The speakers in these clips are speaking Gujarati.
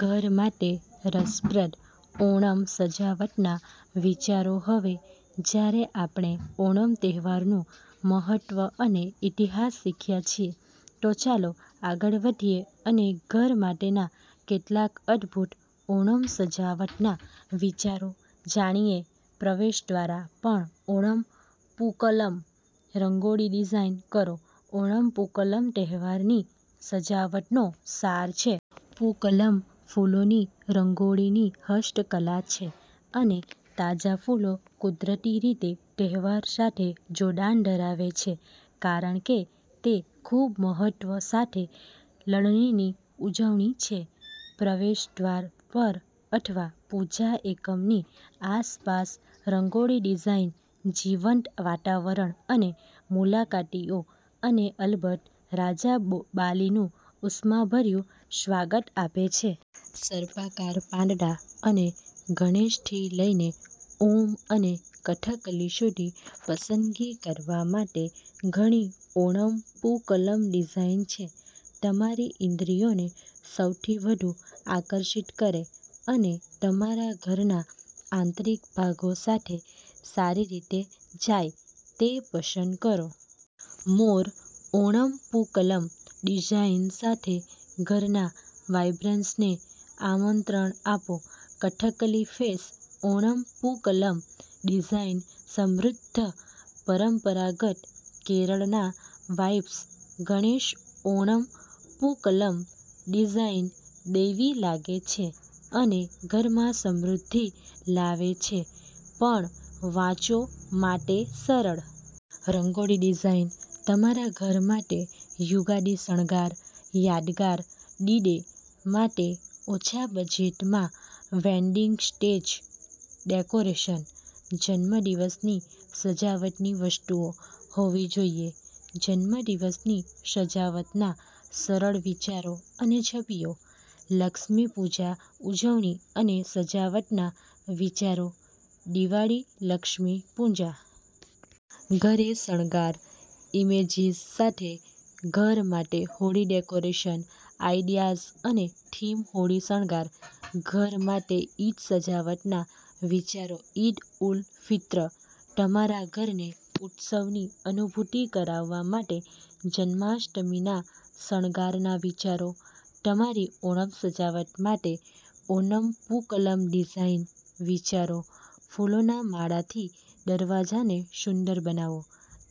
ઘર માટે રસપ્રદ ઓણમ સજાવટના વિચારો હવે જ્યારે આપણે ઓણમ તહેવારનું મહત્વ અને ઈતિહાસ શીખ્યા છીએ, તો ચાલો આગળ વધીએ અને ઘર માટેના કેટલાક અદ્ભુત ઓણમ સજાવટના વિચારો જાણીએપ્રવેશદ્વાર પર ઓણમ પૂકલમ રંગોળી ડિઝાઇન કરો ઓણમ પૂકલમતહેવારની સજાવટનો સાર છે. પુકલમફૂલોની રંગોળીની હસ્તકલા છેઅને તાજા ફૂલો કુદરતી રીતે તહેવાર સાથે જોડાણ ધરાવે છે કારણ કે તે ખૂબ મહત્વ સાથે લણણીની ઉજવણી છે. પ્રવેશદ્વાર પર અથવા પૂજા એકમની આસપાસરંગોળી ડિઝાઇન જીવંત વાતાવરણ અને મુલાકાતીઓ અને અલબત્ત, રાજા બાલીનું ઉષ્માભર્યું સ્વાગત આપે છે. સર્પાકાર, પાંદડા અને ગણેશથી લઈનેઓમ અને કથકલી સુધી, પસંદગી કરવા માટે ઘણી ઓણમ પૂકલમ ડિઝાઇન છે. તમારી ઇન્દ્રિયોને સૌથી વધુ આકર્ષિત કરે અને તમારા ઘરના આંતરિક ભાગો સાથે સારી રીતે જાય તે પસંદ કરો. મોર ઓણમ પૂકલમ ડિઝાઇન સાથે ઘરના વાઇબ્રન્સને આમંત્રણ આપો કથકલી ફેસ ઓણમ પૂકલમ ડિઝાઇન સમૃદ્ધ, પરંપરાગત કેરળના વાઇબ્સ ગણેશ ઓણમ પૂકલમ ડિઝાઇન દૈવી લાગે છે અને ઘરમાં સમૃદ્ધિ લાવે છે પણ વાંચોમાટે સરળ રંગોળી ડિઝાઇન તમારા ઘર માટે યુગાદી શણગાર, યાદગાર ડી ડે માટે ઓછા બજેટમાં વેડિંગ સ્ટેજ ડેકોરેશન, જન્મદિવસની સજાવટની વસ્તુઓ હોવીજોઈએજન્મદિવસની સજાવટના સરળ વિચારો અને છબીઓ, લક્ષ્મી પૂજા ઉજવણી અને સજાવટના વિચારોદિવાળી લક્ષ્મી પૂજા ઘરે શણગાર, ઈમેજીસ સાથે ઘર માટે હોળી ડેકોરેશન આઈડિયાઝઅને થીમ હોળી શણગાર, ઘર માટે ઈદ સજાવટના વિચારોઈદ ઉલ ફિત્ર, તમારા ઘરને ઉત્સવની અનુભૂતિ કરાવવા માટે જન્માષ્ટમીના શણગારના વિચારો, તમારી ઓણમ સજાવટ માટે ઓનમ પૂકલમ ડિઝાઇન વિચારો, ફૂલોના માળાથી દરવાજાને સુંદર બનાવો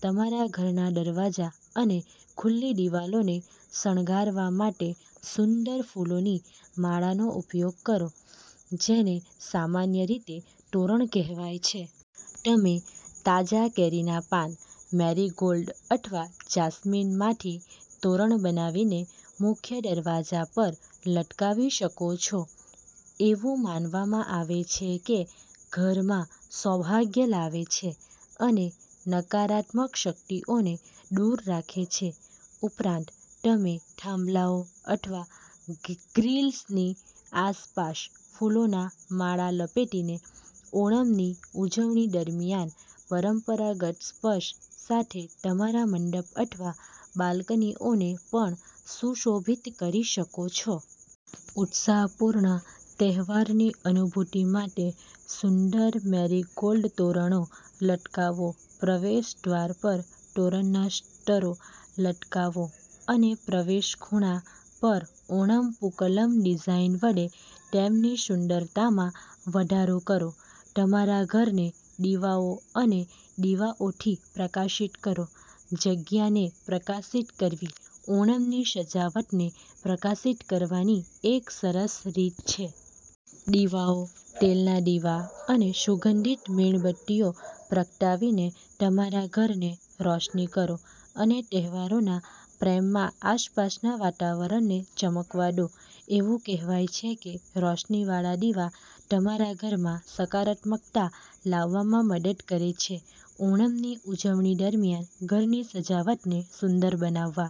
તમારા ઘરના દરવાજા અને ખુલ્લી દિવાલોને શણગારવા માટે સુંદર ફૂલોની માળાનો ઉપયોગ કરો, જેને સામાન્ય રીતે તોરણ કહેવાય છે. તમે તાજા કેરીના પાન, મેરીગોલ્ડ અથવા જાસ્મીનમાંથી તોરણ બનાવીને મુખ્ય દરવાજા પર લટકાવી શકો છો. એવું માનવામાં આવે છે કેઘરમાં સૌભાગ્ય લાવે છે અને નકારાત્મક શક્તિઓને દૂર રાખે છે. ઉપરાંત, તમે થાંભલાઓ અથવા ગ્રિલ્સની આસપાસ ફૂલોના માળા લપેટીને ઓણમની ઉજવણી દરમિયાન પરંપરાગત સ્પર્શ સાથે તમારા મંડપ અથવા બાલ્કનીઓને પણ સુશોભિત કરી શકો છો. ઉત્સાહપૂર્ણ તહેવારની અનુભૂતિ માટે સુંદર મેરીગોલ્ડ તોરણો લટકાવો પ્રવેશ દ્વાર પર તોરણના સ્તરો લટકાવો અને પ્રવેશ ખૂણા પર ઓણમ પૂકલમ ડિઝાઇન વડે તેમની સુંદરતામાં વધારો કરો તમારા ઘરને દીવાઓ અને દીવાઓથી પ્રકાશિત કરો જગ્યાને પ્રકાશિત કરવીઓણમની સજાવટને પ્રકાશિત કરવાની એક સરસ રીત છે. દીવાઓ, તેલના દીવા અને સુગંધિત મીણબત્તીઓ પ્રગટાવીને તમારા ઘરને રોશની કરો અને તહેવારોના પ્રેમમાં આસપાસના વાતાવરણને ચમકવા દો. એવું કહેવાય છે કે રોશનીવાળા દીવા તમારા ઘરમાં સકારાત્મકતા લાવવામાં મદદ કરે છે. ઓણમની ઉજવણી દરમિયાન ઘરની સજાવટને સુંદર બનાવવા